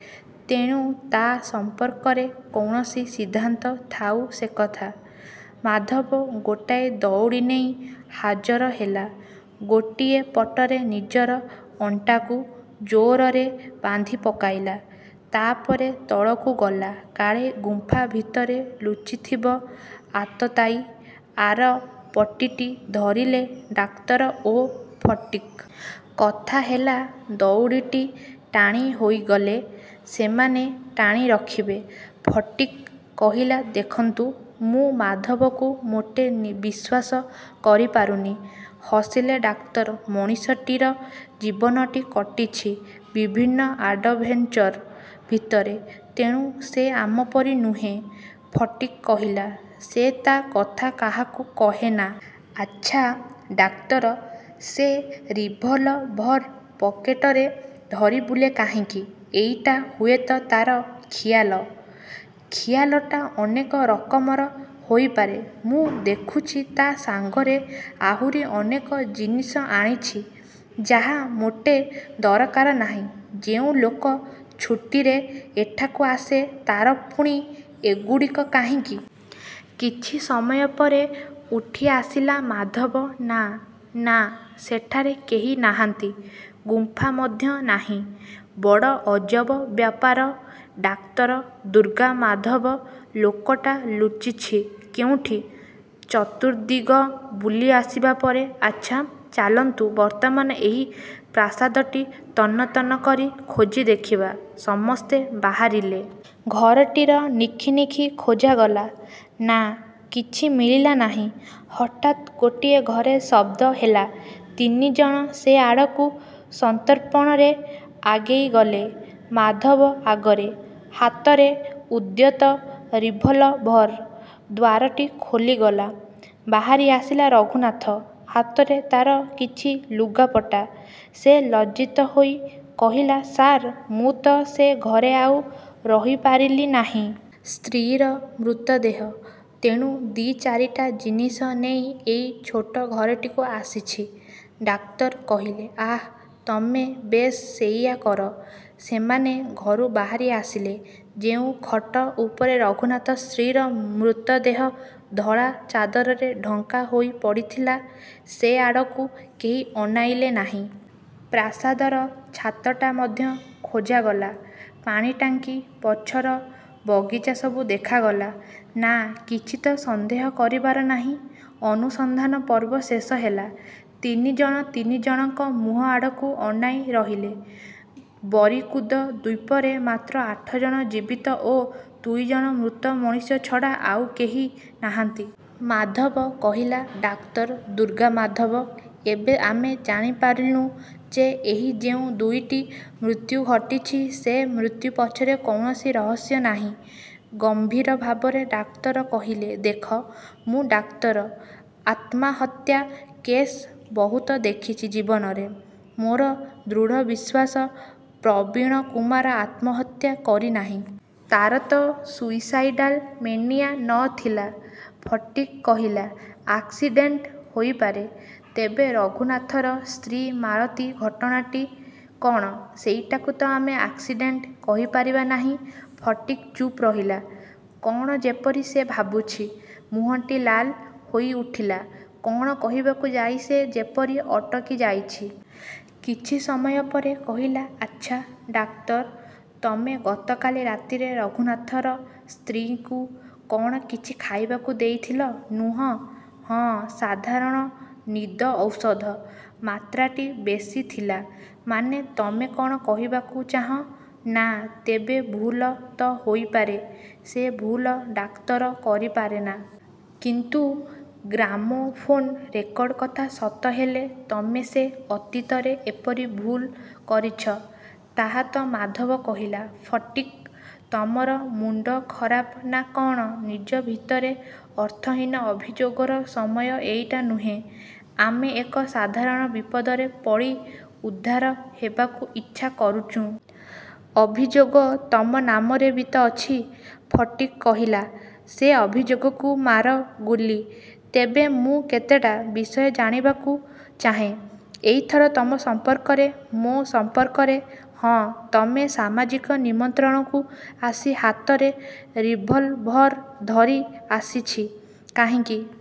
ତେଣୁ ତା ସମ୍ପର୍କରେ କୌଣସି ସିଦ୍ଧାନ୍ତ ଥାଉ ସେକଥା। ମାଧବ ଗୋଟାଏ ଦଉଡ଼ି ନେଇ ହାଜର ହେଲା। ଗୋଟିଏ ପଟରେ ନିଜର ଅଣ୍ଟାକୁ ଜୋରରେ ବାନ୍ଧିପକାଇଲା। ତା'ପରେ ତଳକୁ ଗଲା, କାଳେ ଗୁମ୍ଫା ଭିତରେ ଲୁଚିଥିବ ଆତତାୟୀ। ଆର ପଟିଟି ଧରିଲେ ଡାକ୍ତର ଓ ଫଟିକ୍। କଥା ହେଲା ଦଉଡ଼ିଟି ଟାଣି ହୋଇଗଲେ ସେମାନେ ଟାଣି ରଖିବେ। ଫଟିକ୍ କହିଲା-ଦେଖନ୍ତୁ, ମୁଁ ମାଧବକୁ ମୋଟେ ବିଶ୍ୱାସ କରିପାରୁନି। ହସିଲେ ଡାକ୍ତର-ମଣିଷଟିର ଜୀବନଟି କଟିଛି ବିଭିନ୍ନ ଆଡଭେଞ୍ଚର ଭିତରେ। ତେଣୁ ସେ ଆମ ପରି ନୁହେଁ। ଫଟିକ୍ କହିଲା-ସେ ତା କଥା କାହାକୁ କହେନା। ଆଚ୍ଛା ଡାକ୍ତର, ସେ ରିଭଲଭର୍ ପକେଟରେ ଧରି ବୁଲେ କାହିଁକି? -ଏଇଟା ହୁଏତ ତା'ର ଖିଆଲ। -ଖିଆଲଟା ଅନେକ ରକମର ହୋଇପାରେ। ମୁଁ ଦେଖୁଛି ତା ସାଙ୍ଗରେ ଆହୁରି ଅନେକ ଜିନିଷ ଆଣିଛି ଯାହା ମୋଟେ ଦରକାର ନାହିଁ। ଯେଉଁ ଲୋକ ଛୁଟିରେ ଏଠାକୁ ଆସେ ତା'ର ପୁଣି ଏଗୁଡ଼ିକ କାହିଁକି? କିଛି ସମୟ ପରେ ଉଠିଆସିଲା ମାଧବ-ନା, ନା, ସେଠାରେ କେହି ନାହାନ୍ତି। ଗୁମ୍ଫା ମଧ୍ୟ ନାହିଁ। ବଡ଼ ଅଜବ ବ୍ୟାପାର, ଡାକ୍ତର ଦୁର୍ଗାମାଧବ! ଲୋକଟା ଲୁଚିଛି କେଉଁଠି? ଚତୁର୍ଦ୍ଦିଗ ବୁଲିଆସିବା ପରେ ଆଚ୍ଛା, ଚାଲନ୍ତୁ ବର୍ତ୍ତମାନ ଏହି ପ୍ରାସାଦଟି ତନ୍ନତନ୍ନ କରି ଖୋଜି ଦେଖିବା। ସମସ୍ତେ ବାହାରିଲେ। ଘରଟିର ନିଖିନିଖି ଖୋଜାଗଲା। ନା, କିଛି ମିଳିଲା ନାହିଁ। ହଠାତ୍ ଗୋଟିଏ ଘରେ ଶଦ୍ଦ ହେଲା। ତିନିଜଣ ସେ ଆଡ଼କୁ ସନ୍ତର୍ପଣରେ ଆଗେଇଗଲେ। ମାଧବ ଆଗରେ। ହାତରେ ଉଦ୍ୟତ ରିଭଲଭର୍। ଦ୍ଵାରଟି ଖୋଲିଗଲା। ବାହାରିଆସିଲା ରଘୁନାଥ। ହାତରେ ତା'ର କିଛି ଲୁଗାପଟା। ସେ ଲଜ୍ଜିତ ହୋଇ କହିଲା-ସାର୍, ମୁଁ ତ ସେ ଘରେ ଆଉ ରହିପାରିଲି ନାହିଁ। ସ୍ତ୍ରୀର ମୃତଦେହ। ତେଣୁ ଦି'ଚାରିଟା ଜିନିଷ ନେଇ ଏଇ ଛୋଟ ଘରଟିକୁ ଆସିଛି। ଡାକ୍ତର କହିଲେ-ଆଃ, ତମେ! ବେଶ୍, ସେଇଆ କର। ସେମାନେ ଘରୁ ବାହାରିଆସିଲେ। ଯେଉଁ ଖଟ ଉପରେ ରଘୁନାଥ ସ୍ତ୍ରୀର ମୃତଦେହ ଧଳା ଚାଦରରେ ଢଙ୍କା ହୋଇ ପଡ଼ିଥିଲା ସେ ଆଡ଼କୁ କେହି ଅନାଇଲେ ନାହିଁ। ପ୍ରାସାଦର ଛାତଟା ମଧ୍ୟ ଖୋଜାଗଲା। ପାଣିଟାଙ୍କି, ପଛର ବଗିଚା ସବୁ ଦେଖାଗଲା। ନା, କିଛି ତ ସନ୍ଦେହ କରିବାର ନାହିଁ। ଅନୁସନ୍ଧାନ ପର୍ବ ଶେଷ ହେଲା। ତିନିଜଣ ତିନିଜଣଙ୍କ ମୁହଁ ଆଡ଼କୁ ଅନାଇରହିଲେ। ବରିକୁଦ ଦ୍ଵୀପରେ ମାତ୍ର ଆଠଜଣ ଜୀବିତ ଓ ଦୁଇଜଣ ମୃତ ମଣିଷ ଛଡ଼ା ଆଉ କେହି ନାହାନ୍ତି। ମାଧବ କହିଲା-ଡାକ୍ତର ଦୁର୍ଗାମାଧବ, ଏବେ ଆମେ ଜାଣିପାରିଲୁଁ ଯେ ଏହି ଯେଉଁ ଦୁଇଟି ମୃତ୍ୟୁ ଘଟିଛି ସେ ମୃତ୍ୟୁ ପଛରେ କୌଣସି ରହସ୍ୟ ନାହିଁ। ଗମ୍ଭୀର ଭାବରେ ଡାକ୍ତର କହିଲେ-ଦେଖ, ମୁଁ ଡାକ୍ତର। ଆତ୍ମାହତ୍ୟା କେସ୍ ବହୁତ ଦେଖିଛି ଜୀବନରେ। ମୋର ଦୃଢ଼ବିଶ୍ଵାସ, ପ୍ରବୀଣକୁମାର ଆତ୍ମହତ୍ୟା କରିନାହିଁ। ତା'ର ତ ସୁଇସାଇଡାଲ ମେନିଆ ନ ଥିଲା! ଫଟିକ୍ କହିଲା-ଆକ୍ସିଡେଣ୍ଟ ହୋଇପାରେ। ତେବେ ରଘୁନାଥର ସ୍ତ୍ରୀ ମାଳତୀ ଘଟଣାଟି କ'ଣ? ସେଇଟାକୁ ତ ଆମେ ଆକ୍ସିଡେଣ୍ଟ କହିପାରିବା ନାହିଁ। ଫଟିକ୍ ଚୁପ୍ ରହିଲା। କଣ ଯେପରି ସେ ଭାବୁଛି। ମୁହଁଟି ଲାଲ ହୋଇଉଠିଲା। କଣ କହିବାକୁ ଯାଇ ସେ ଯେପରି ଅଟକିଯାଇଛି। କିଛିସମୟ ପରେ କହିଲା-ଆଚ୍ଛା, ଡାକ୍ତର, ତମେ ଗତକାଲି ରାତିରେ ରଘୁନାଥର ସ୍ତ୍ରୀକୁ କ'ଣ କିଛି ଖାଇବାକୁ ଦେଇଥିଲ, ନୁହଁ? -ହଁ, ସାଧାରଣ ନିଦ ଔଷଧ। -ମାତ୍ରାଟି ବେଶି ଥିଲା? -ମାନେ, ତମେ କ'ଣ କହିବାକୁ ଚାହଁ? -ନା, ତେବେ ଭୁଲ ତ ହୋଇପାରେ। -ସେ ଭୁଲ ଡାକ୍ତର କରିପାରେନା। -କିନ୍ତୁ ଗ୍ରାମୋଫୋନ୍ ରେକର୍ଡ଼ କଥା ସତ ହେଲେ ତମେ ସେ ଅତୀତରେ ଏପରି ଭୁଲ କରିଛ, ତାହା ତ ମାଧବ କହିଲା-ଫଟିକ୍, ତମର ମୁଣ୍ଡ ଖରାପ ନା କ'ଣ? ନିଜ ଭିତରେ ଅର୍ଥହୀନ ଅଭିଯୋଗର ସମୟ ଏଇଟା ନୁହେଁ। ଆମେ ଏକ ସାଧାରଣ ବିପଦରେ ପଡ଼ି ଉଦ୍ଧାର ହେବାକୁ ଇଚ୍ଛା କରୁଛୁଁ। ଅଭିଯୋଗ ତମ ନାମରେ ବି ତ ଅଛି। ଫଟିକ୍ କହିଲା-ସେ ଅଭିଯୋଗକୁ ମାର ଗୁଲି। ତେବେ ମୁଁ କେତେଟା। ବିଷୟ ଜାଣିବାକୁ ଚାହେଁ। ଏଇଥର ତମ ସମ୍ପର୍କରେ -ମୋ ସମ୍ପର୍କରେ? -ହଁ, ତମେ ସାମାଜିକ ନିମନ୍ତ୍ରଣକୁ ଆସି ହାତରେ ରିଭଲଭର୍ ଧରି ଆସିଛି କାହିଁକି?